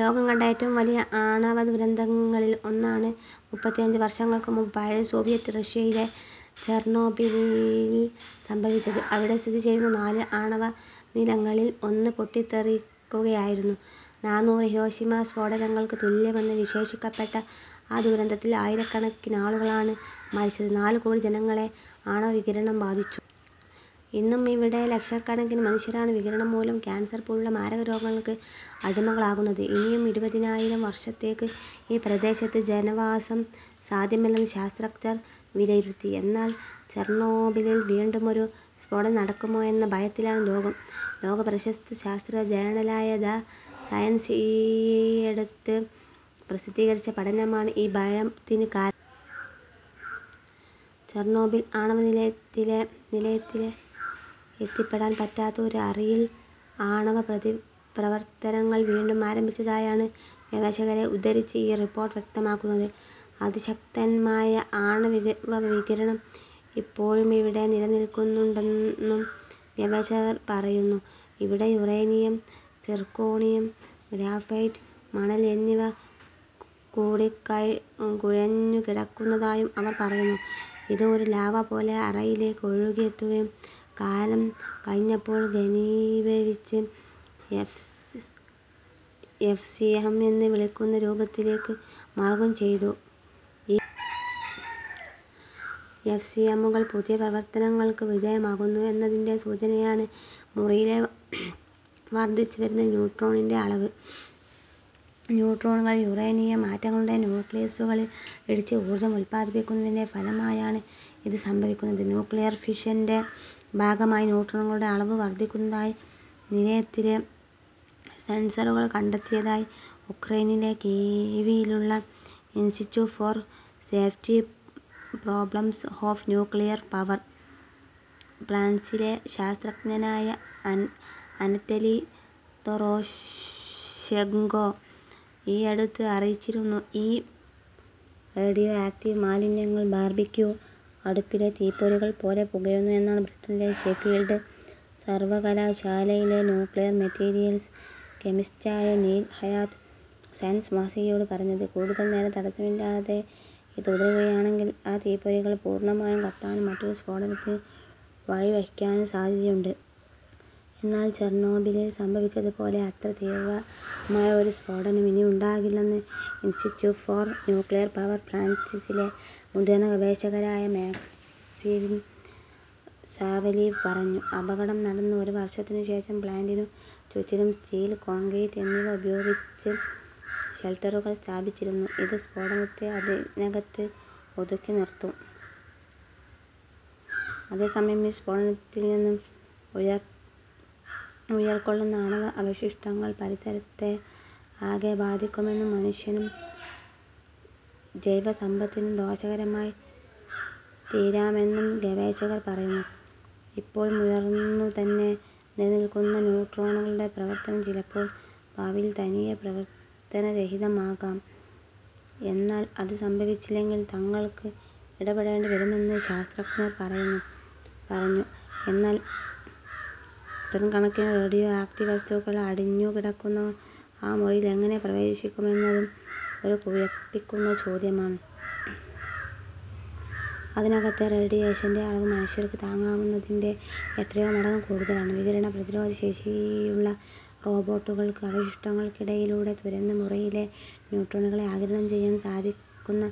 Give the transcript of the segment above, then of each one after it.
ലോകം കണ്ട ഏറ്റവും വലിയ ആണവദുരന്തങ്ങളിൽ ഒന്നാണ് മുപ്പത്തിയഞ്ച് വർഷങ്ങൾക്ക് മുമ്പ് പഴയ സോവിയറ്റ് റഷ്യയിലെ ചെർണോബിലിൽ സംഭവിച്ചത്. അവിടെ സ്ഥിതിചെയ്യുന്ന നാല് ആണവനിലയങ്ങളിൽ ഒന്ന് പൊട്ടിത്തെറിക്കുകയായിരുന്നു. നാനൂറ് ഹിരോഷിമാ സ്ഫോടനങ്ങൾക്ക് തുല്യമെന്ന് വിശേഷിപ്പിക്കപ്പെട്ട ആ ദുരന്തത്തിൽ ആയിരക്കണക്കിനാളുകളാണ് മരിച്ചത്. നാല് കോടി ജനങ്ങളെ ആണവ വികിരണം ബാധിച്ചു. ഇന്നും ഇവിടെ ലക്ഷക്കണക്കിന് മനുഷ്യരാണ് വികിരണം മൂലം കാൻസർ പോലുള്ള മാരകരോഗങ്ങൾക്ക് അടിമകളാകുന്നത്. ഇനിയും ഇരുപതിനായിരം വർഷത്തേക്ക് ഈ പ്രദേശത്ത് ജനവാസം സാധ്യമല്ലെന്ന് ശാസ്ത്രജ്ഞർ വിലയിരുത്തി. എന്നാൽ ചെർണോബിലിൽ വീണ്ടുമൊരു സ്ഫോടനം നടക്കുമോ എന്ന ഭയത്തിലാണ് ലോകം. ലോകപ്രശസ്ത ശാസ്ത്ര ജേണലായ ദ സയൻസ് ഈയടുത്ത് പ്രസിദ്ധീകരിച്ച പഠനമാണ് ഈ ഭയത്തിന് കാര. ചെർണോബിൽ ആണവനിലയത്തിലെ എത്തിപ്പെടാൻ പറ്റാത്ത ഒരു അറയിൽ ആണവപ്രതിപ്രവർത്തനങ്ങൾ വീണ്ടും ആരംഭിച്ചതായാണ് ഗവേഷകരെ ഉദ്ധരിച്ച് ഈ റിപ്പോർട്ട് വ്യക്തമാക്കുന്നത്. അതിശക്തമായ ആണവവികിരണം ഇപ്പോഴുമിവിടെ നിലനിൽക്കുന്നുണ്ടെന്നും ഗവേഷകർ പറയുന്നു. ഇവിടെ യുറേനിയം, സിർക്കോണിയം, ഗ്രാഫൈറ്റ്, മണൽ എന്നിവ കൂടിക്കുഴഞ്ഞുകിടക്കുന്നതായും അവർ പറയുന്നു. ഇത് ഒരു ലാവ പോലെ അറയിലേക്ക് ഒഴുകിയെത്തുകയും കാലം കഴിഞ്ഞപ്പോൾ ഖനീഭവിച്ച് എഫ്സിഎം എന്ന് വിളിക്കുന്ന രൂപത്തിലേക്ക് മാറുകയും ചെയ്തു.ഈ എഫ്സിഎമ്മുകൾ പുതിയ പ്രതിപ്രവർത്തനങ്ങൾക്ക് വിധേയമാകുന്നു എന്നതിൻ്റെ സൂചനയാണ് മുറിയിലെ വർധിച്ചുവരുന്ന ന്യൂട്രോണിൻ്റെ അളവ്. ന്യൂട്രോണുകൾ യുറേനിയം ആറ്റങ്ങളുടെ ന്യൂക്ലിയസുകളിൽ ഇടിച്ച് ഊർജം ഉൽപാദിപ്പിക്കുന്നതിൻ്റെ ഫലമായാണ് ഇത് സംഭവിക്കുന്നത്. ന്യൂക്ലിയർ ഫിഷൻ്റെ ഭാഗമായി ന്യൂട്രോണുകളുടെ അളവ് വർധിക്കുന്നതായി നിലയത്തിലെ സെൻസറുകൾ കണ്ടെത്തിയതായി ഉക്രെയ്നിലെ കീവിലുള്ള institute for safety problems of nuclear power പ്ലാന്റ്സിലെ ശാസ്ത്രജ്ഞനായ അനറ്റലി ദോറോഷെങ്കോ ഈയടുത്ത് അറിയിച്ചിരുന്നു.ഈ റേഡിയോ ആക്ടീവ് മാലിന്യങ്ങൾ ബാർബിക്യൂ അടുപ്പിലെ തീപ്പൊരികൾ പോലെ പുകയുന്നു എന്നാണ് ബ്രിട്ടനിലെ ഷെഫീൽഡ് സർവകലാശാലയിലെ ന്യൂക്ലിയർ മെറ്റീരിയൽസ് കെമിസ്റ്റായ നീൽ ഹയാത്ത് സയൻസ് മാസികയോട് പറഞ്ഞത്. കൂടുതൽ നേരം തടസ്സമില്ലാതെ ഇത് തുടരുകയാണെങ്കിൽ ആ തീപ്പൊരികൾ പൂർണമായും കത്താനും മറ്റൊരു സ്ഫോടനത്തിന് വഴിവയ്ക്കാനും സാധ്യതയുണ്ട്. എന്നാൽ ചെർണോബിലിൽ സംഭവിച്ചത് പോലെ അത്ര തീവ്രമായ ഒരു സ്ഫോടനം ഇനിയുണ്ടാകില്ലെന്ന് ഇൻസ്റ്റിറ്റ്യൂട്ട് ഫോർ ന്യൂക്ലിയർ പവർ പ്ലാന്റ്സിലെ മുതിർന്ന ഗവേഷകനായ മാക്സിം സാവലീവ് പറഞ്ഞു. അപകടം നടന്ന് ഒരു വർഷത്തിനുശേഷം പ്ലാന്റിനു ചുറ്റിലും സ്റ്റീൽ, കോൺക്രീറ്റ് എന്നിവ ഉപയോഗിച്ച് ഷെൽട്ടറുകൾ സ്ഥാപിച്ചിരുന്നു. ഇത് സ്ഫോടനത്തെ അതിനകത്ത് ഒതുക്കിനിർത്തും. അതേസമയം ഈ സ്ഫോടനത്തിൽ നിന്ന് ഉയിർകൊള്ളുന്ന ആണവ അവശിഷ്ടങ്ങൾ പരിസരത്തെ ആകെ ബാധിക്കുമെന്നും മനുഷ്യനും ജൈവസമ്പത്തിനും ദോഷകരമായി തീരാമെന്നും ഗവേഷകർ പറയുന്നു. ഇപ്പോഴും ഉയർന്നുതന്നെ നിലനിൽക്കുന്ന ന്യൂട്രോണുകളുടെ പ്രവർത്തനം ചിലപ്പോൾ ഭാവിയിൽ തനിയെ പ്രവർത്തനരഹിതമാകാം. എന്നാൽ അത് സംഭവിച്ചില്ലെങ്കിൽ തങ്ങൾക്ക് ഇടപെടേണ്ടിവരുമെന്ന് ശാസ്ത്രജ്ഞർ പറഞ്ഞു. എന്നാൽ ടൺ കണക്കിന് റേഡിയോ ആക്ടീവ് വസ്തുക്കൾ അടിഞ്ഞുകിടക്കുന്ന ആ മുറിയിൽ എങ്ങനെ പ്രവേശിക്കുമെന്നത് ഒരു കുഴപ്പിക്കുന്ന ചോദ്യമാണ്. അതിനകത്തെ റേഡിയേഷൻ്റെ അളവ് മനുഷ്യർക്ക് താങ്ങാനാവുന്നതിൻ്റെ എത്രയോ മടങ്ങ് കൂടുതലാണ്. വികിരണ പ്രതിരോധശേഷിയുള്ള റോബോട്ടുകൾക്ക് അവശിഷ്ടങ്ങൾക്കിടയിലൂടെ തുരന്ന് മുറിയിലെ ന്യൂട്രോണുകളെ ആഗിരണം ചെയ്യാൻ സാധിക്കുന്ന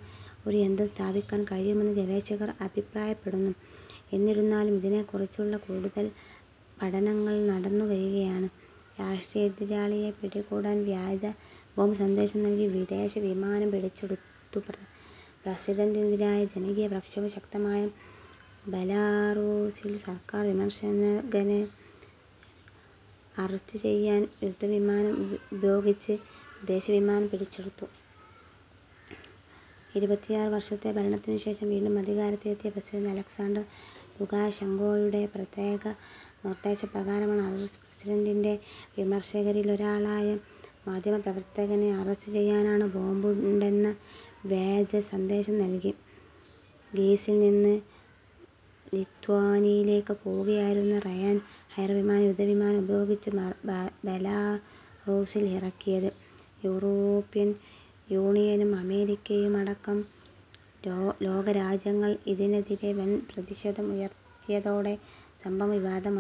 ഒരു യന്ത്രം സ്ഥാപിക്കാൻ കഴിയുമെന്ന് ഗവേഷകർ അഭിപ്രായപ്പെടുന്നു. എന്നിരുന്നാലും ഇതിനെക്കുറിച്ചുള്ള കൂടുതൽ പഠനങ്ങൾ നടന്നുവരികയാണ്. രാഷ്ട്രീയ എതിരാളിയെ പിടികൂടാൻ വ്യാജ ബോംബ് സന്ദേശം നൽകി വിദേശവിമാനം പിടിച്ചെടുത്തുപ്രസിഡന്റിനെതിരായ ജനകീയ പ്രക്ഷോഭം ശക്തമായ ബെലാറൂസിൽ സർക്കാർ വിമർശകനെ അറസ്റ്റ് ചെയ്യാൻ യുദ്ധവിമാനം ഉപയോഗിച്ച് വിദേശവിമാനം പിടിച്ചെടുത്തു. ഇരുപത്തിയാറ് വർഷത്തെ ഭരണത്തിനുശേഷം വീണ്ടും അധികാരത്തിലെത്തിയ പ്രസിഡന്റ് അലക്സാണ്ടർ ലുകാഷെങ്കോയുടെ പ്രത്യേക നിർദേശപ്രകാരമാണ് അറസ്റ്റ്. പ്രസിഡന്റിൻ്റെ വിമർശകരിലൊരാളായ മാധ്യമപ്രവർത്തകനെ അറസ്റ്റ് ചെയ്യാനാണ് ബോംബുണ്ടെന്ന വ്യാജസന്ദേശം നൽകി ഗ്രീസിൽനിന്ന് ലിത്വാനിയയിലേക്ക് പോവുകയായിരുന്ന റയാൻ എയർ വിമാനം യുദ്ധവിമാനം ഉപയോഗിച്ച് ബെലാറൂസിൽ ഇറക്കിയത്. യൂറോപ്യൻ യൂണിയനും അമേരിക്കയുമടക്കം ലോകരാജ്യങ്ങൾ ഇതിനെതിരെ വൻ പ്രതിഷേധം ഉയർത്തിയതോടെ സംഭവം വിവാദമാ.